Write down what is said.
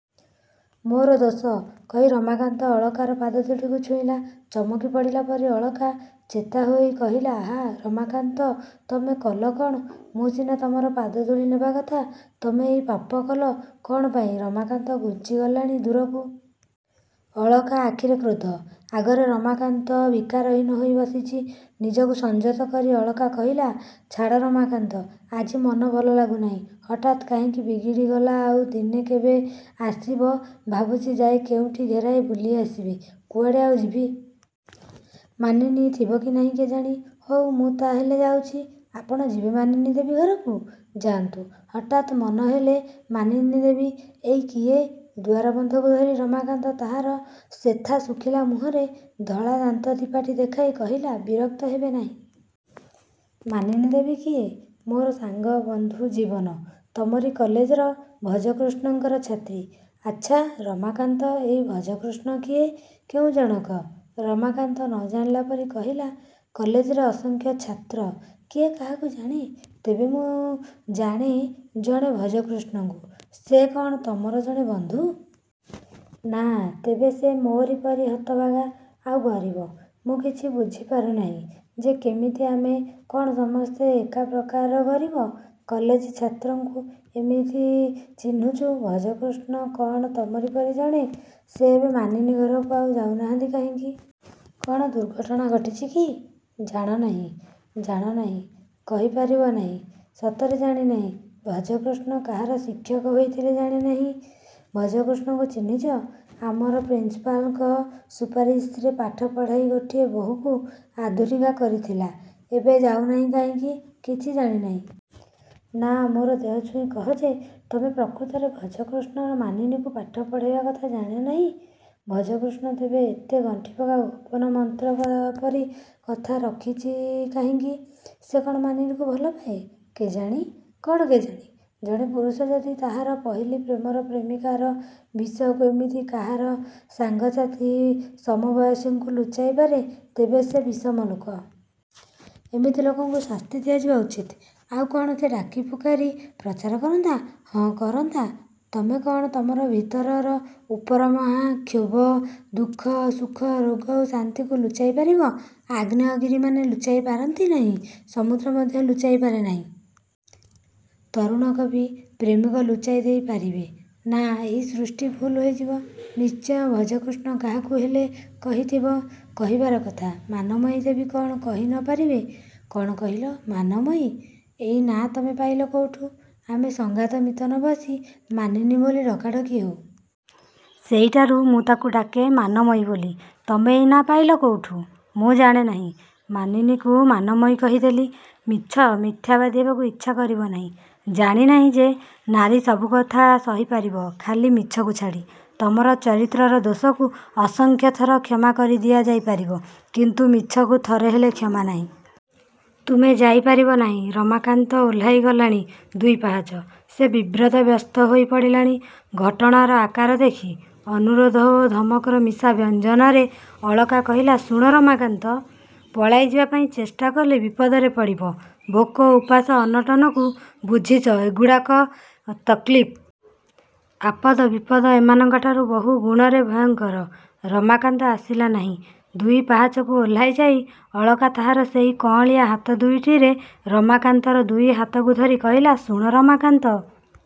–ମୋର ଦୋଷ। –କହି ରମାକାନ୍ତ ଅଳକାର ପାଦଦୁଇଟିକୁ ଛୁଇଁଲା। ଚମକି ପଡ଼ିଲା ପରି ଅଳକା ଚେତ ହୋଇ କହିଲା–ଆହା। ରମାକାନ୍ତ, ତମେ କଲ କ'ଣ? ମୁଁ ସିନା ତମର ପାଦଧୂଳି ନେବା କଥା। ତମେ ଏଇ ପାପ କଲ କ'ଣ ପାଇଁ? ରମାକାନ୍ତ ଘୁଞ୍ଚିଗଲାଣି ଦୂରକୁ। ଅଳକା ଆଖିରେ କ୍ରୋଧ। ଆଗରେ ରମାକାନ୍ତ ବିକାରହୀନ ହୋଇ ବସିଛି। ନିଜକୁ ସଂଯତ କରି ଅଳକା କହିଲା–ଛାଡ଼ ରମାକାନ୍ତ, ଆଜି ମନ ଭଲ ଲାଗୁନାହିଁ। ହଠାତ୍ କାହିଁକି ବିଗିଡ଼ି ଗଲା ଆଉ ଦିନେ କେବେ ଆସିବ ଭାବୁଛି ଯାଏଁ କେଉଁଠି ଘେରାଏ ବୁଲି ଆସିବି କୁଆଡ଼େ ଆଉ ଯିବି? ମାନିନୀ ଥିବ କି ନାହିଁ କେଜାଣି। –ହଉ। ମୁଁ ତା ହେଲେ ଯାଉଛି। ଆପଣ ଯିବେ ମାନିନୀଦେବୀ ଘରକୁ। ଯାଆନ୍ତୁ। ହଠାତ୍ ମନେହେଲା ମାନିନୀଦେବୀ ଏଇ କିଏ? ଦୁଆର ବନ୍ଧକୁ ଧରି ରମାକାନ୍ତ ତାହାର ଶେଥା ଶୁଖିଲା ମୁହଁରେ ଧଳାଦାନ୍ତ ଦି'ପାଟି ଦେଖାଇ କହିଲା–ବିରକ୍ତ ହେବେ ନାହିଁ। ମାନିନୀଦେବୀ କିଏ? –ମୋର ସାଙ୍ଗ–ବନ୍ଧୁ–ଜୀବନ। ତମରି କଲେଜର ଭଜକୃଷ୍ଣଙ୍କର ଛାତ୍ରୀ? ଆଚ୍ଛା, ରମାକାନ୍ତ, ଏଇ ଭଜକୃଷ୍ଣ କିଏ? କେଉଁ ଜଣକ? ରମାକାନ୍ତ ନ ଜାଣିଲାପରି କହିଲା–କଲେଜରେ ଅସଂଖ୍ୟ ଛାତ୍ର। କିଏ କାହାକୁ ଜାଣେ-? ତେବେ ମୁଁ ଜାଣେ ଜଣେ ଭଜକୃଷ୍ଣକୁ। –ସେ କ'ଣ ତମର ଜଣେ ବନ୍ଧୁ? –ନା, ତେବେ ସେ ମୋରି ପରି ହତଭାଗା–ଆଉ ଗରିବ। ମୁଁ କିଛି ବୁଝି ପାରୁନାହିଁ ଯେ କେମିତି ଆମେ କ'ଣ ସମସ୍ତେ ଏକା ପ୍ରକାରର ଗରିବ କଲେଜ ଛାତ୍ରଙ୍କୁ ଏମିତି ଚିହ୍ନୁଛୁ? ଭଜକୃଷ୍ଣ କ'ଣ ତମରି ପରି ଜଣେ? ସେ ଏବେ ମାନିନୀ ଘରକୁ ଆଉ ଯାଉନାହିଁ କାହିଁକି? –କ'ଣ ଦୁର୍ଘଟଣା ଘଟିଛି କି? –ଜାଣ ନାହିଁ? ଜାଣ ନାହିଁ? କହିପାରିବ ନାହିଁ। ସତରେ ଜାଣିନାହିଁ। ଭଜକୃଷ୍ଣ କାହାର ଶିକ୍ଷକ ହୋଇଥିଲେ ଜାଣନାହିଁ? ଭଜକୃଷ୍ଣକୁ ଚିହ୍ନିଛ। ଆମର ପ୍ରିନ୍ସପାଲଙ୍କ ସୁପାରିଶରେ ପାଠ ପଢ଼ାଇ ଗୋଟିଏ ବୋହୂକୁ ଆଧୁନିକା କରୁଥିଲା। ଏବେ ଯାଉନାହିଁ କାହିଁକି? କିଛି ଜାଣନାହିଁ? –ନା। –ମୋର ଦେହ ଛୁଇଁ କହ ଯେ, ତମେ ପ୍ରକୃତରେ ଭଜକୃଷ୍ଣର ମାନିନୀକୁ ପାଠ ପଢ଼ାଇବା କଥା ଜାଣ ନାହିଁ। ଭଜକୃଷ୍ଣ ତେବେ ଏତେ ଗଣ୍ଠିପକା ଗୋପନ ମନ୍ତ୍ର ପରି କଥା ରଖିଛି କାହିଁକି? ସେ କ'ଣ ମାନିନୀକୁ ଭଲପାଏ? –କେଜାଣି। –କ'ଣ କେଜାଣି? ଜଣେ ପୁରୁଷ ଯଦି ତାହାର ପହିଲି ପ୍ରେମର ପ୍ରେମିକାର ବିଷୟକୁ ଏମିତି ତାହାର ସାଙ୍ଗ ସାଥି, ସମବୟସୀଙ୍କୁ ଲୁଚାଇ ପାରେ ତେବେ ସେ ତ ବିଷମ ଲୋକ। ଏମିତି ଲୋକଙ୍କୁ ଶାସ୍ତି ଦିଆଯିବା ଉଚିତ୍। –ଆଉ କ'ଣ ସେ ଡାକିଫୁକାରି ପ୍ରଚାର କରନ୍ତା? –ହଁ, କରନ୍ତା। ତମେ କ'ଣ ତମର ଭିତରର ଉପର ମୁହାଁ କ୍ଷୋଭ, ଦୁଃଖ, ସୁଖ, ରୋଗ ଓ ଶାନ୍ତିକୁ ଲୁଚାଇ ପାରିବ? ଆଗ୍ନେୟଗିରି ମାନେ ଲୁଚାଇ ପାରନ୍ତି ନାହିଁ। ସମୁଦ୍ର ମଧ୍ୟ ଲୁଚାଇ ପାରେ ନାହିଁ? ତରୁଣ କବି, ପ୍ରେମିକ ଲୁଚାଇ ଦେଇ ପାରିବେ? ନା, ଏଇ ସୃଷ୍ଟି ଭୁଲ ହୋଇଯିବ-। ନିଶ୍ଚୟ ଭଜକୃଷ୍ଣ କାହାକୁ ହେଲେ କହିଥିବ–କହିବାର କଥା। –ମାନମୟୀ ଦେବୀ କ'ଣ କହି ନ ପାରିବେ? –କ'ଣ କହିଲ? ମାନମୟୀ? –ଏଇ ନାଁ ତମେ ପାଇଲ କେଉଠୁ? ଆମେ ସଙ୍ଗାତ ମିତ ନ ବସି ମାନିନୀ ବୋଲି ଡକାଡ଼କି ହେଉ। ସେଇଟାରୁ ମୁଁ ତାକୁ ଡାକେ ମାନମୟୀ ବୋଲି। ତମେ ଏଇ ନାଁ ପାଇଲ କେଉଁଠୁ? –ମୁଁ ଜାଣେ ନାହିଁ। ମାନିନୀକୁ ମାନମୟୀ କହିଦେଲି। –ମିଛ। ମିଥ୍ୟାବାଦୀ ହେବାକୁ ଇଚ୍ଛା କରିବ ନାହିଁ। ଜାଣିନାହଁ ଯେ ନାରୀ ସବୁକଥା ସହି ପାରିବ–ଖାଲି ମିଛକୁ ଛାଡ଼ି। ତମର ଚରିତ୍ରର ଦୋଷକୁ ଅସଂଖ୍ୟ ଥର କ୍ଷମା ଦିଆଯାଇ ପାରିବ; କିନ୍ତୁ ମିଛକୁ ଥରେ ହେଲେ କ୍ଷମା ନାହିଁ। ତୁମେ ଯାଇ ପାରିବ ନାହିଁ। ରମାକାନ୍ତ ଓହ୍ଲାଇ ଗଲାଣି ଦୁଇ ପାହାଚ। ସେ ବିବ୍ରତ ବ୍ୟସ୍ତ ହୋଇ ପଡ଼ିଲାଣି ଘଟଣାର ଆକାର ଦେଖି। ଅନୁରୋଧ ଓ ଧମକର ମିଶା ବ୍ୟଞ୍ଜନାରେ ଅଳକା କହିଲା–ଶୁଣ ରମାକାନ୍ତ! ପଳାଇଯିବା ପାଇଁ ଚେଷ୍ଟା କଲେ ବିପଦରେ ପଡ଼ିବ। ଭୋକ, ଉପାସ, ଅନଟନକୁ ବୁଝିଛ ଏଗୁଡ଼ାକ ତକଲିଫ୍। ଆପଦ ବିପଦ ଏମାନଙ୍କଠାରୁ ବହୁ ଗୁଣରେ ଭୟଙ୍କର। ରମାକାନ୍ତ ଆସିଲା ନାହିଁ। ଦୁଇ ପାହାଚକୁ ଓହ୍ଲାଇଯାଇ ଅଳକା ତାହାର ସେହି କଅଁଳିଆ ହାତ ଦୁଇଟିରେ ରମାକାନ୍ତର ଦୁଇ ହାତକୁ ଧରି କହିଲା–ଶୁଣ ରମାକାନ୍ତ!